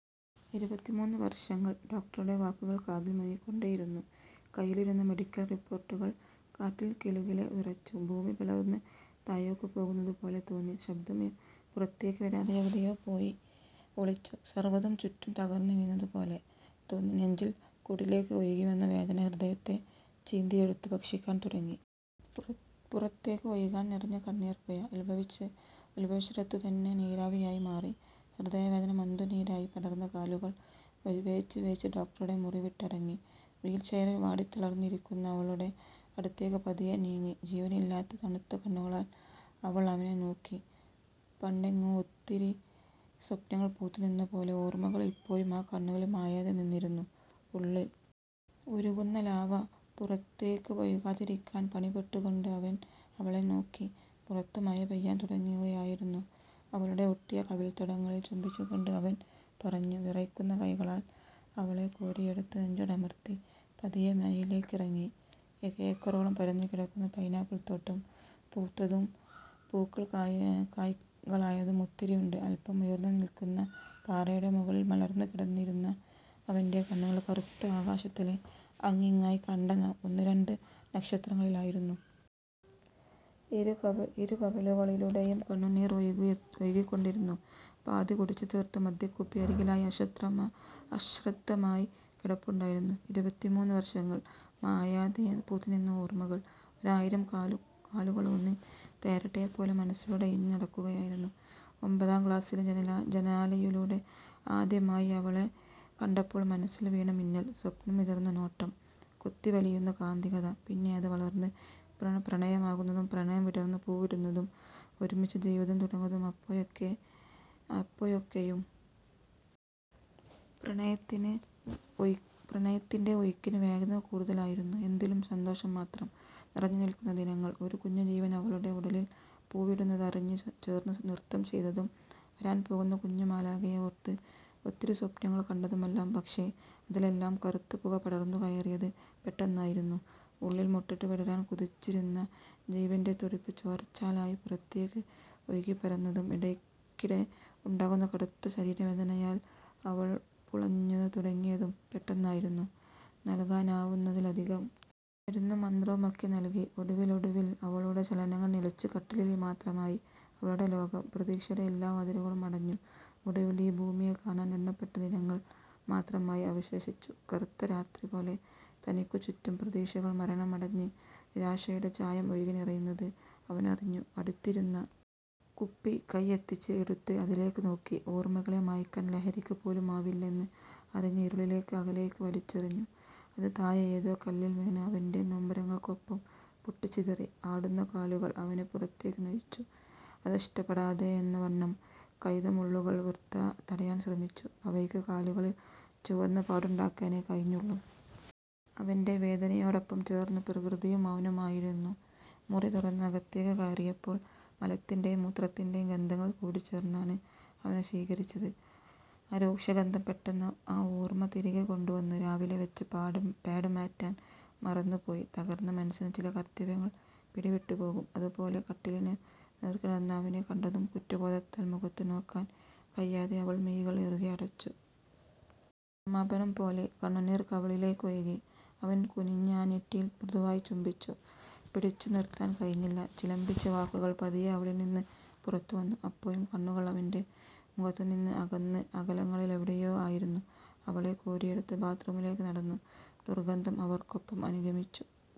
ഇരുപത്തിമൂന്ന് വർഷങ്ങൾ. ഡോക്ടറുടെ വാക്കുകൾ കാതിൽ മുഴങ്ങിക്കൊണ്ടേയിരുന്നു. കയ്യിലിരുന്ന മെഡിക്കൽ റിപ്പോർട്ടുകൾ കാറ്റിൽ കിലുകിലെ വിറച്ചു. ഭൂമി പിളർന്ന് താഴേക്ക് പോകുന്നതുപോലെ തോന്നി. ശബ്ദം പുറത്തേക്ക് വരാതെ എവിടെയോ പോയി ഒളിച്ചു. സർവതും ചുറ്റും തകർന്നുവീഴുന്നതുപോലെ തോന്നി. നെഞ്ചിൻകൂടിലേക്ക് ഒഴുകിവന്ന വേദന ഹൃദയത്തെ ചീന്തിയെടുത്ത് ഭക്ഷിക്കാൻ തുടങ്ങി. പുറത്തേക്ക് ഒഴുകാൻ നിറഞ്ഞ കണ്ണീർ പുഴ ഉത്ഭവിച്ചിടത്തുതന്നെ നീരാവിയായി മാറി. ഹൃദയവേദന മന്തുനീരായി പടർന്ന കാലുകൾ വേച്ചുവേച്ച് ഡോക്ടറുടെ മുറിവിട്ടിറങ്ങി. വീൽചെയറിൽ വാടിത്തളർന്നിരിക്കുന്ന അവളുടെ അടുത്തേക്ക് പതിയെ നീങ്ങി. ജീവനില്ലാത്ത തണുത്ത കണ്ണുകളാൽ അവൾ അവനെ നോക്കി. പണ്ടെങ്ങോ ഒത്തിരി സ്വപ്നങ്ങൾ പൂത്തുനിന്നതിന്റെ ഓർമകൾ ഇപ്പോഴും ആ കണ്ണുകളിൽ മായാതെ നിന്നിരുന്നു. ഉള്ളിൽ ഉരുകുന്ന ലാവ പുറത്തേക്ക് ഒഴുകാതിരിക്കാൻ പണിപ്പെട്ടുകൊണ്ട് അവൻ അവളെ നോക്കി. പുറത്ത് മഴ പെയ്യാൻ തുടങ്ങുകയായിരുന്നു. അവളുടെ ഒട്ടിയ കവിൾത്തടങ്ങളിൽ ചുംബിച്ചുകൊണ്ട് അവൻ പറഞ്ഞു. വിറയ്ക്കുന്ന കൈകളാൽ അവളെ കോരിയെടുത്ത് നെഞ്ചോടമർത്തി പതിയെ മഴയിലേക്കിറങ്ങി. ഏക്കറോളം പരന്നുകിടക്കുന്ന പൈനാപ്പിൾ തോട്ടം. പൂത്തതും പൂക്കൾ കായ്കളായതും ഒത്തിരിയുണ്ട്. അല്പം ഉയർന്നുനിൽക്കുന്ന പാറയുടെ മുകളിൽ മലർന്നുകിടന്നിരുന്ന അവന്റെ കണ്ണുകൾ കറുത്ത ആകാശത്തിലെ അങ്ങിങ്ങായി കണ്ട ഒന്നുരണ്ട് നക്ഷത്രങ്ങളിലായിരുന്നു. ഇരു ഇരുകവിളുകളിലൂടെയും കണ്ണുനീർ ഒഴുകിക്കൊണ്ടിരുന്നു. പാതി കുടിച്ചുതീർത്ത മദ്യക്കുപ്പി അരികിലായി അശ്രദ്ധമായി അശ്രദ്ധമായി കിടപ്പുണ്ടായിരുന്നു. ഇരുപത്തിമൂന്ന് വർഷങ്ങൾ. മായാതെ പൂത്തുനിന്ന ഓർമകൾ ഒരായിരം കാലുകളൂന്നി തേരട്ടയെപ്പോലെ മനസ്സിലൂടെ ഇഴഞ്ഞുനടക്കുകയായിരുന്നു. ഒൻപതാം ക്ലാസിലെ ജനാലയിലൂടെ ആദ്യമായി അവളെ കണ്ടപ്പോൾ മനസ്സിൽ വീണ മിന്നൽ. സ്വപ്നം വിതറുന്ന നോട്ടം. കൊത്തിവലിക്കുന്ന കാന്തികത. പിന്നെ അത് വളർന്ന് പ്രണയമാകുന്നതും പ്രണയം വിടർന്ന് പൂവിടുന്നതും ഒരുമിച്ച് ജീവിതം തുടങ്ങുന്നതും. അപ്പോഴൊക്കെ അപ്പോഴൊക്കെയും പ്രണയത്തിൻ പ്രണയത്തിന്റെ ഒഴുക്കിന് വേഗത കൂടുതലായിരുന്നു. എന്തിലും സന്തോഷം മാത്രം നിറഞ്ഞുനിൽക്കുന്ന ദിനങ്ങൾ. ഒരു കുഞ്ഞുജീവൻ അവളുടെ ഉടലിൽ പൂവിടുന്നതറിഞ്ഞ് ചേർന്ന് നൃത്തം ചെയ്തതും വരാൻ പോകുന്ന കുഞ്ഞുമാലാഖയെ ഓർത്ത് ഒത്തിരി സ്വപ്നങ്ങൾ കണ്ടതുമെല്ലാം. പക്ഷേ അതിലെല്ലാം കറുത്ത പുക പടർന്നുകയറിയത് പെട്ടെന്നായിരുന്നു. ഉള്ളിൽ മൊട്ടിട്ട് വിടരാൻ കൊതിച്ചിരുന്ന ജീവന്റെ തുടിപ്പ് ചോരച്ചാലായി പുറത്തേക്ക് ഒഴുകിപ്പരന്നതും ഇടയ്ക്കിടെ ഉണ്ടാകുന്ന കടുത്ത ശരീരവേദനയാൽ അവൾ പുളഞ്ഞുതുടങ്ങിയതും പെട്ടെന്നായിരുന്നു. നൽകാനാവുന്നതിലധികം മരുന്നും മന്ത്രവുമൊക്കെ നൽകി. ഒടുവിലൊടുവിൽ അവളുടെ ചലനങ്ങൾ നിലച്ച് കട്ടിലിൽ മാത്രമായി അവളുടെ ലോകം. പ്രതീക്ഷയുടെ എല്ലാ വാതിലുകളും അടഞ്ഞു. ഒടുവിൽ ഈ ഭൂമിയെ കാണാൻ എണ്ണപ്പെട്ട ദിനങ്ങൾ മാത്രമായി അവശേഷിച്ചു. കറുത്ത രാത്രി പോലെ തനിക്കു ചുറ്റും പ്രതീക്ഷകൾ മരണമടഞ്ഞ് നിരാശയുടെ ചായം ഒഴുകിനിറയുന്നത് അവനറിഞ്ഞു. അടുത്തിരുന്ന കുപ്പി കൈയെത്തിച്ച് എടുത്ത് അതിലേക്ക് നോക്കി. ഓർമകളെ മായ്ക്കാൻ ലഹരിക്ക് പോലുമാവില്ലെന്ന് അറിഞ്ഞ് ഇരുളിലേക്ക് അകലേക്ക് വലിച്ചെറിഞ്ഞു. അത് താഴെ ഏതോ കല്ലിൽവീണ് അവന്റെ നൊമ്പരങ്ങൾക്കൊപ്പം പൊട്ടിച്ചിതറി. ആടുന്ന കാലുകൾ അവനെ പുറത്തേക്ക് നയിച്ചു. അത് ഇഷ്ടപ്പെടാതെയെന്നവണ്ണം കൈതമുള്ളുകൾ വൃഥാ തടയാൻ ശ്രമിച്ചു. അവയ്ക്ക് കാലുകളിൽ ചുവന്ന പാടുണ്ടാക്കാനേ കഴിഞ്ഞുള്ളൂ. അവന്റെ വേദനയോടൊപ്പം ചേർന്ന് പ്രകൃതിയും മൗനമായിരുന്നു. മുറി തുറന്ന് അകത്തേക്ക് കയറിയപ്പോൾ മലത്തിന്റെയും മൂത്രത്തിന്റെയും ഗന്ധങ്ങൾ കൂടിച്ചേർന്നാണ് അവനെ സ്വീകരിച്ചത്. ആ രൂക്ഷഗന്ധം പെട്ടെന്ന് ആ ഓർമ തിരികെ കൊണ്ടുവന്നു. രാവിലെ വെച്ച പാഡ് പാഡ് മാറ്റാൻ മറന്നുപോയി. തകർന്ന മനസ്സിന് ചില കർത്തവ്യങ്ങൾ പിടിവിട്ടുപോകും. അതുപോലെ. കട്ടിലിനു നേർക്ക് നടന്ന അവനെ കണ്ടതും കുറ്റബോധത്താൽ മുഖത്ത് നോക്കാൻ കഴിയാതെ അവൾ മിഴികൾ ഇറുകെ അടച്ചു. ക്ഷമാപണം പോലെ കണ്ണുനീർ കവിളിലേക്ക് ഒഴുകി. അവൻ കുനിഞ്ഞ് ആ നെറ്റിയിൽ മൃദുവായി ചുംബിച്ചു. പിടിച്ചുനിർത്താൻ കഴിഞ്ഞില്ല. ചിലമ്പിച്ച വാക്കുകൾ പതിയെ അവളിൽനിന്ന് പുറത്തുവന്നു. അപ്പോഴും കണ്ണുകൾ അവന്റെ മുഖത്തുനിന്ന് അകന്ന് അകലങ്ങളിലെവിടെയോ ആയിരുന്നു. അവളെ കോരിയെടുത്ത് ബാത്ത്റൂമിലേക്ക് നടന്നു. ദുർഗന്ധം അവർക്കൊപ്പം അനുഗമിച്ചു.